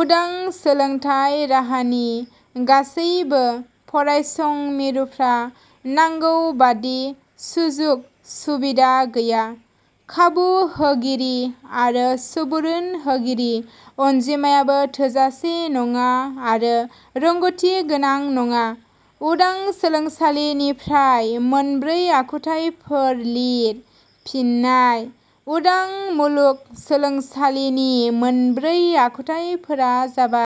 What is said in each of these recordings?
उदां सोलोंथाइ राहानि गासैबो फरायसं मिरुफ्रा नांगौ बादि सुजुग सुबिदा गैया। खाबु होगिरि आरो सुबुरुन होगिरिनि अनजिमायाबो थोजासे नङा आरो रोंगौथि गोनां नङा।।. उदां सोलोंसालिनिफ्राय मोनब्रै आखुथाइफोर लिर। फिन्नाय: उदां मुलुगसोलोंसालिनि मोनब्रै आखुथाइफोरा जाबाय:.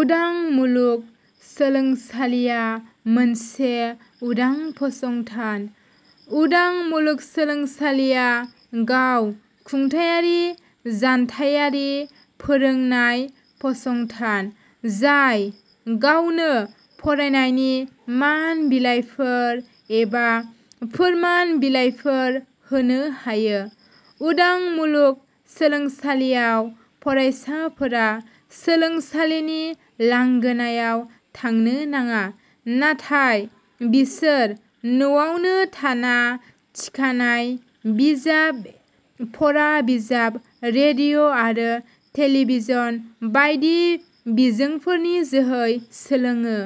उदां मुलुगसोलोंसालिया मोनसे उदां फसंथान. उदां मुलुगसोलोंसालिया गाव खुंथाइयारि जानथाइयारि फोरोंनाय फसंथान, जाय गावनो फरायनायनि मान बिलाइफोर एबा फोरमान बिलाइफोर होनो हायो।. उदां मुलुग सोलोंसालियाव फरायसाफोरा सोलोंसालिनि लांगोनायाव थांनो नाङा, नाथाय बिसोर न 'आवनो थाना थिखानाय बिजाब, फरा बिजाब, रेडिअ ' आरो टेलिभिसन बायदि बिजोंफोरनि जोहै सोलोङो।.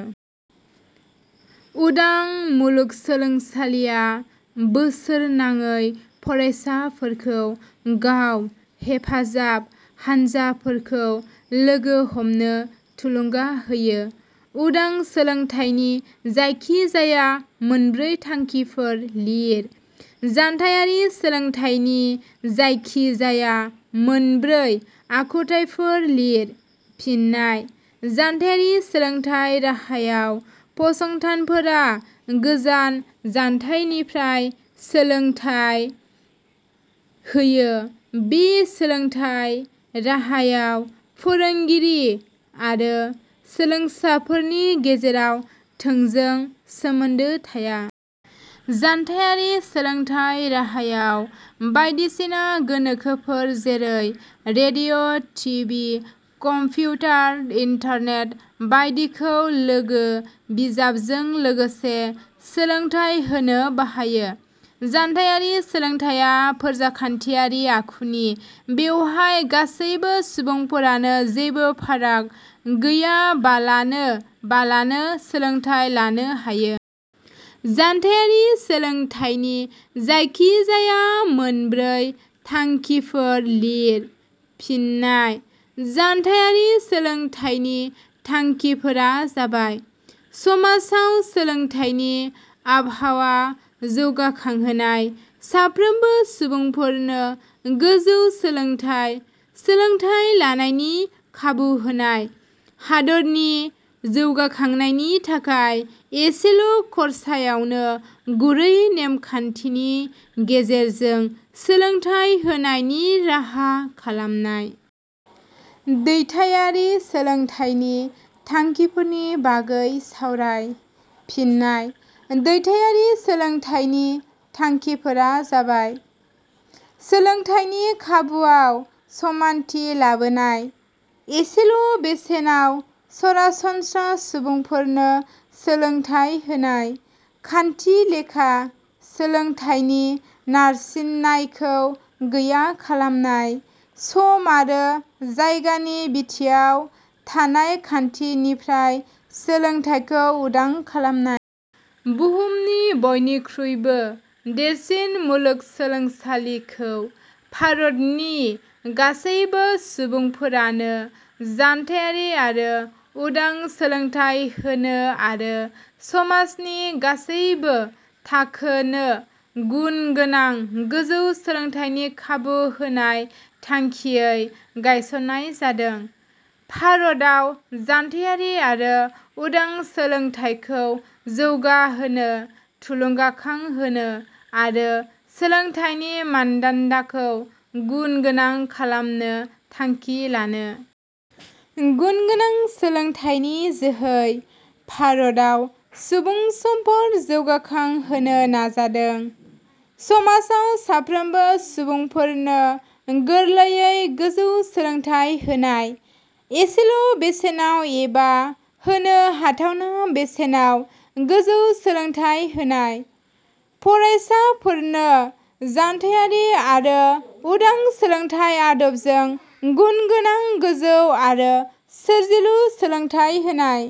उदां मुलुगसोलोंसालिया बोसोरनांयै फरायसाफोरखौ गाव हेफाजाब हानजाफोरखौ लोगो हमनो थुलुंगा होयो।. उदां सोलोंथाइनि जायखिजाया मोनब्रै थांखिफोर लिर।. जानथायारि सोलोंथाइनि जायखिजाया मोनब्रै आखुथाइफोर लिर। फिन्नाय: जानथायारि सोलोंथाइ राहायाव फसंथानफोरा गोजान जानथाइनिफ्राय सोलोंथाइ होयो। बे सोलोंथाइ राहायाव फोरोंगिरि आरो सोलोंसाफोरनि गेजेराव थोंजों सोमोन्दो थाया। जानथायारि सोलोंथाइ राहायाव बायदिसिना गोनोखोफोर जेरै – radio, T. V., computer, internet बायदिखौ लोगो बिजाबजों लोगोसे सोलोंथाइ होनो बाहायो। जानथाइयारि सोलोंथाइया फोरजाखान्थियारि आखुनि। बेवहाय गासैबो सुबुंफोरानो जेबो फाराग गैया बालानो बालानो सोलोंथाइ लानो हायो।. जानथाइयारि सोलोंथाइनि जायखिजाया मोनब्रै थांखिफोर लिर। फिन्नाय:जानथाइयारि सोलोंथाइनि थांखिफोरा जाबाय: समाजाव सोलोंथाइनि आबहावा जौगाखांहोनाय। साफ्रोमबो सुबुंफोरनो गोजौ सोलोंथाइ सोलोंथाइ लानायनि खाबु होनाय। हादरनि जौगाखांनायनि थाखाय एसेल ' खरसायावनो गुरै नेम खान्थिनि गेजेरजों सोलोंथाइ होनायनि राहा खालामनाय।. दैथाइयारि सोलोंथाइनि थांखिफोरनि बागै सावराय। फिन्नाय: दैथाइयारि सोलोंथाइनि थांखिफोरा जाबाय: सोलोंथाइनि खाबुवाव समानथि लाबोनाय। एसेल ' बेसेनाव सरासनस्रा सुबुंफोरनो सोलोंथाइ होनाय। खान्थिलेखा सोलोंथाइनि नारसिननायाखौ गैया खालामनाय। सम आरो जायगानि बिथिङाव थानाय खान्थिनिफ्राय सोलोंथाइखौ उदां खालामनाय। आ बुहुमनि बयनिख्रुइबो देरसिन मुलुगसोलोंसालि। खौ भारतनि गासैबो सुबुंफोरानो जानथाइयारि आरो उदां सोलोंथाइ होनो आरो समाजनि गासैबो थाखोनो गुन गोनां गोजौ सोलोंथाइनि खाबु होनाय थांखियै गायसननाय जादों। आ भारताव जानथाइयारि आरो उदां सोलोंथाइखौ जौगाहोनो, थुलुंगाखां होनो, आरो सोलोंथाइनि मानदान्दाखौ गुन गोनां खालायनो थांखि लानो। आ गुन गोनां सोलोंथाइनि जोहै भारताव सुबुं सम्पद जौगाखां होनो नाजादों। समाजाव साफ्रोमबो सुबुंफोरनो गोरलैयै गोजौ सोलोंथाइ होनाय। एसेल ' बेसेनाव एबा होनो हाथावना बेसेनाव गोजौ सोलोंथाइ होनाय। फरायसाफोरनो जानथाइयारि आरो उदां सोलोंथाइ आदबजों गुन गोनां गोजौ आरो सोरजिलु सोलोंथाइ होनाय।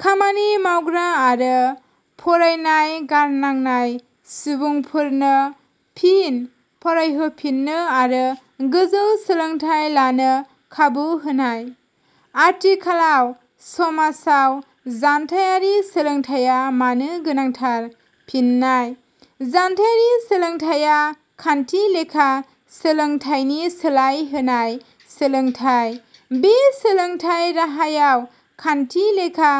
खामानि मावग्रा आरो फरायनाय नागारनांनाय सुबुंफोरनो फिन फरायफिननो आरो गोजौ सोलोंथाइ लानो खाबु होनाय।. आथिखालाव समाजाव जानथाइयारि सोलोंथाइया मानो गोनांथार? फिन्नाय: जानथाइयारि सोलोंथाइया खान्थिलेखा सोलोंथाइनि सोलाय होनाय सोलोंथाइ। बे सोलोंथाइ राहायाव खान्थिलेखा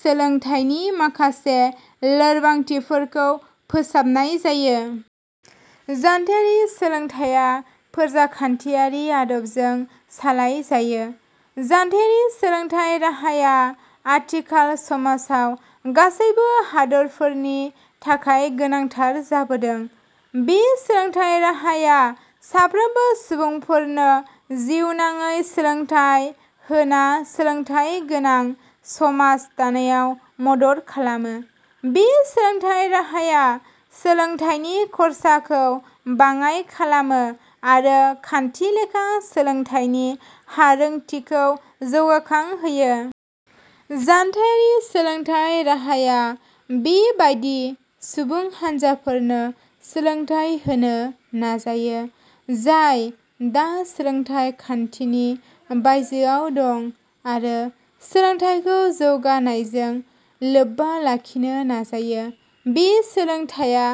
सोलोंथाइनि माखासे लोरबांथिफोरखौ फोसाबनाय जायो। जानथाइयारि सोलोंथाइया फोरजाखान्थियारि आदबजों सालाय जायो। जानथाइयारि सोलोंथाइ राहाया आथिखाल समाजाव गासैबो हादरफोरनि थाखाय गोनांथार जाबोदों। बे सोलोंथाइ राहाया साफ्रोमबो सुबुंफोरनो जिउनाङै सोलोंथाइ होना सोलोंथाइ गोनां समास दानायाव मदद खालामो। बे सोलोंथाइ राहाया सोलोंथाइनि खरसाखौ बाङाय खालामो आरो खान्थिलेखा सोलोंथाइनि हारोंथिखौ जौगाखां होयो। जानथाइयारि सोलोंथाइ राहाया बे बादि सुबुं हानजाफोरनो सोलोंथाइ होनो नाजायो जाय दा सोलोंथाइ खान्थिनि बायजोआव दं आरो सोलोंथाइखौ जौगानायजों गोबबा लाखिनो नाजायो। बे सोलोंथाइया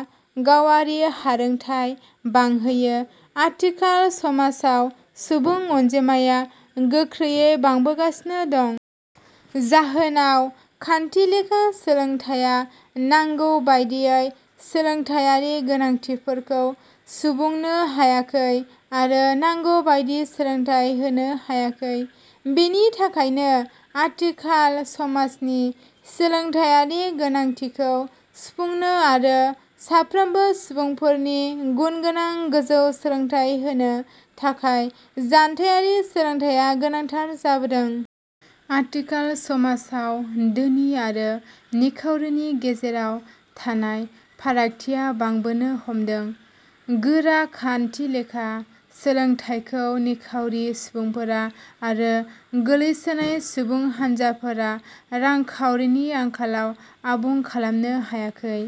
गावआरि हारोंथाइ बांहोयो। आथिखाल समाजाव सुबुं अनजिमाया गोख्रैयै बांबोगासिनो दं। जाहोनाव खान्थिलेखा सोलोंथाइया नांगौबादियै सोलोंथाइयारि गोनांथिफोरखौ सुबुंनो हायाखै आरो नांगौ बादि सोलोंथाइ होनो हायाखै। बेनि थाखायनो आथिखाल समाजनि सोलोंथाइयारि गोनांथिखौ सुफुंनो आरो साफ्रोमबो सुबुंफोरनि गुनगोनां गोजौ सोलोंथाइ होनो थाखाय जानथाइयारि सोलोंथाइया गोनांथार जोबोदों। आथिखाल समाजाव धोनि आरो निखाउरिनि गेजेराव थानाय फारागथिया बांबोनो हमदों। गोरा खान्थिलेखा सोलोंथाइखौ निखाउरि सुबुंफोरा आरो गोग्लैसोनाय सुबुंहान्जाफोरा रांखाउरिनि आंखालाव आबुं खालामनो हायाखै।